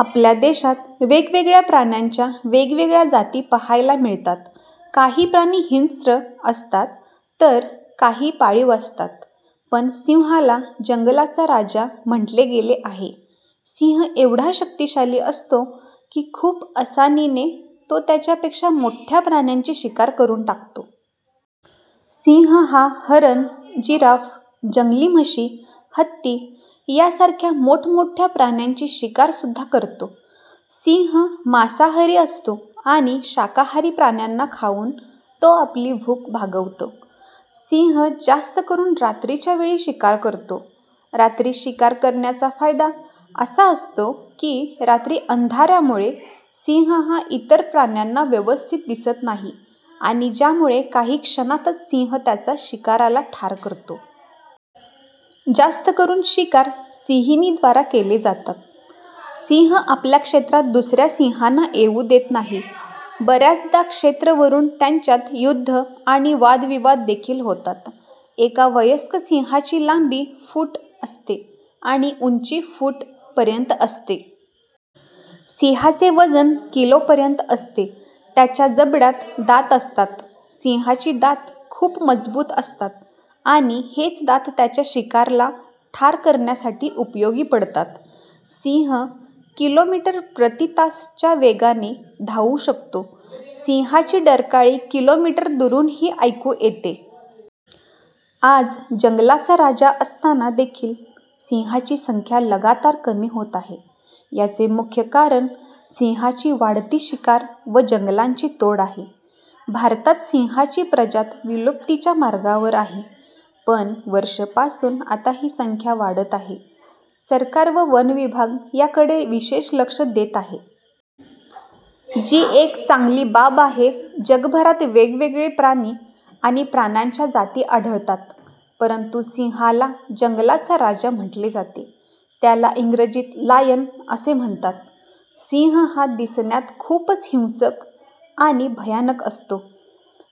आपल्या देशात वेगवेगळ्या प्राण्यांच्या वेगवेगळ्या जाती पाहायला मिळतात. काही प्राणी हिंस्त्र असतात तर काही पाळीव असतात. पण सिंहाला जंगलाचा राजा म्हटले गेले आहे. सिंह एवढा शक्तिशाली असतो की खूप असानी ने तो त्याच्या पेक्षा मोठ्या प्राण्यांची शिकार करून टाकतो. सिंह हा हरण, जिराफ, जंगली म्हशी, हत्ती या सारख्या मोठमोठ्या प्राण्यांची शिकार सुद्धा करतो. सिंह मासाहरी असतो आणि शाकाहारी प्राण्यांना खाऊन तो आपली भुख भागवतो. सिंह जास्त करून रात्रीच्या वेळी शिकार करतो, रात्री शिकार करण्याचा फायदा असा असतो की रात्री अंधाऱ्या मुळे सिंह हा इतर प्राण्यांना व्यवस्थित दिसत नाही आणि ज्यामुळे काही क्षणातच सिंह त्याचा शिकाराला ठार करतो. जास्त करून शिकार सिहिणी द्वारा केले जातात. सिंह आपल्या क्षेत्रात दुसऱ्या सिंहांना येऊ देत नाही, बऱ्याचदा क्षेत्र वरून त्यांच्यात युद्ध आणि वाद विवाद देखील होतात. एका वयस्क सिंहाची लांबी फूट असते आणि उंची फूट पर्यंत असते. सिहाचे वजन किलो पर्यंत असते. त्याच्या जबड्यात दात असतात. सिंहाची दात खूप मजबूत असतात आणि हेच दात त्याच्या शिकारला ठार करण्यासाठी उपयोगी पडतात. सिंह - किलोमीटर प्रती तास च्या वेगाने धावू शकतो. सिंहाची डरकाळी किलोमीटर दुरूनही ऐकू येते. आज जंगलाचा राजा असताना देखील सिंहाची संख्या लगातार कमी होत आहे. याचे मुख्य कारण सिंहाची वाढती शिकार व जंगलांची तोड आहे. भारतात सिंहाची प्रजात विलुप्तीच्या मार्गावर आहे. पण वर्ष पासून आता ही संख्या वाढत आहे सरकार व वनविभाग या कडे विशेष लक्ष देत आहे. जी एक चांगली बाब आहे. जगभरात वेगवेगळे प्राणी आणि प्राण्यांच्या जाती आढळतात. परंतु सिंहाला जंगलाचा राजा म्हटले जाते. त्याला इंग्रजीत लायन असे म्हणतात. सिंह हा दिसण्यात खूपच हिंसक आणि भयानक असतो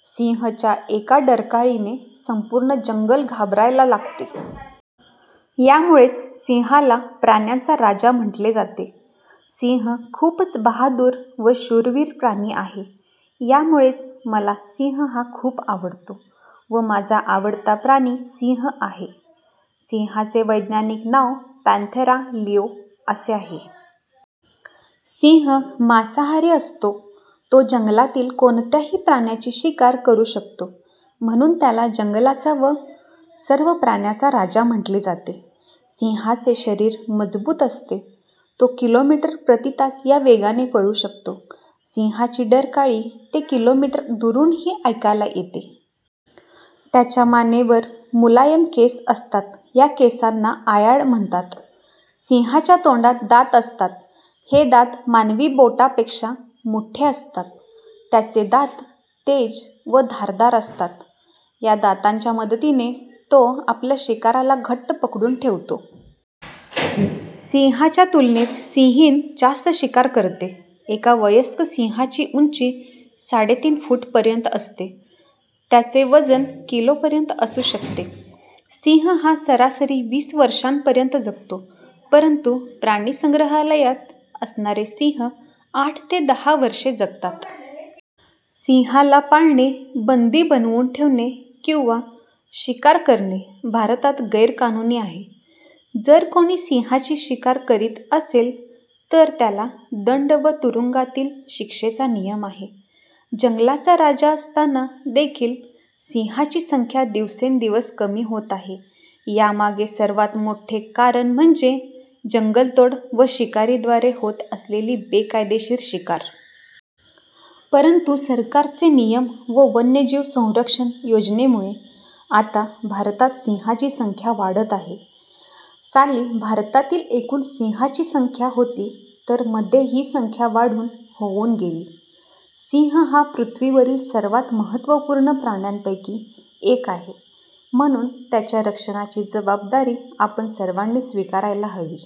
सिंह च्या एका डरकाळी ने संपूर्ण जंगल घाबरायला लागते. यामुळेच सिंहाला प्राण्यांचा राजा म्हटले जाते. सिंह खूपच बहादुर व शूरवीर प्राणी आहे या मुळेच मला सिंह हा खूप आवडतो व माझा आवडता प्राणी सिंह आहे. सिंहाचे वैज्ञानिक नाव पँन्थेरा लिओ असे आहे. सिंह मांसाहारी असतो, तो जंगलातील कोणत्याही प्राण्याची शिकार करू शकतो. म्हणून त्याला जंगलाचा व सर्व प्राण्याचा राजा म्हटले जाते. सिंहाचे शरीर मजबूत असते. तो किलोमीटर प्रतितास या वेगाने पळू शकतो. सिंहाची डरकाळी ते किलोमीटर दूरनही एकायला येते. त्याच्या मानेवर मुलायम केस असतात या केसांना आयाळ म्हणतात. सिंहाच्या तोंडात दात असतात हे दात मानवी बोटा पेक्षा मोठे असतात. त्याचे दात तेज व धारदार असतात, या दातांच्या मदतीने तो आपल्या शिकाराला घट्ट पकडून ठेवतो. सिंहाच्या तुलनेत सिंहीण जास्त शिकार करते. एका वयस्क सिंहाची उंची साडेतीन फूट पर्यंत असते. त्याचे वजन किलो पर्यंत असू शकते. सिंह हा सरासरी वीस वर्षांपर्यंत जगतो. परंतु प्राणिसंग्रहालयात असणारे सिंह आठ ते दहा वर्षे जगतात. सिंहाला पाळणे, बंदी बनवून ठेवणे किंवा शिकार करणे भारतात गैरकानूनी आहे. जर कोणी सिंहाची शिकार करीत असेल तर त्याला दंड व तुरुंगातील शिक्षेचा नियम आहे. जंगलाचा राजा असताना देखील सिंहाची संख्या दिवसेंदिवस कमी होत आहे यामागे सर्वात मोठे कारण म्हणजे जंगलतोड व शिकारी द्वारे होत असलेली बेकायदेशीर शिकार. परंतु सरकार चे नियम व वन्य जीव संरक्षण योजनेमुळे आता भारतात सिंहाची संख्या वाढत आहे. साली भारतातील एकूण सिंहांची संख्या होती तर मध्ये ही संख्या वाढून होऊन गेली. सिंह हा पृथ्वीवरील सर्वात महत्वपूर्ण प्राण्यांपैकी एक आहे म्हणून त्याच्या रक्षणाची जबाबदारी आपण सर्वांनी स्वीकारायला हवी.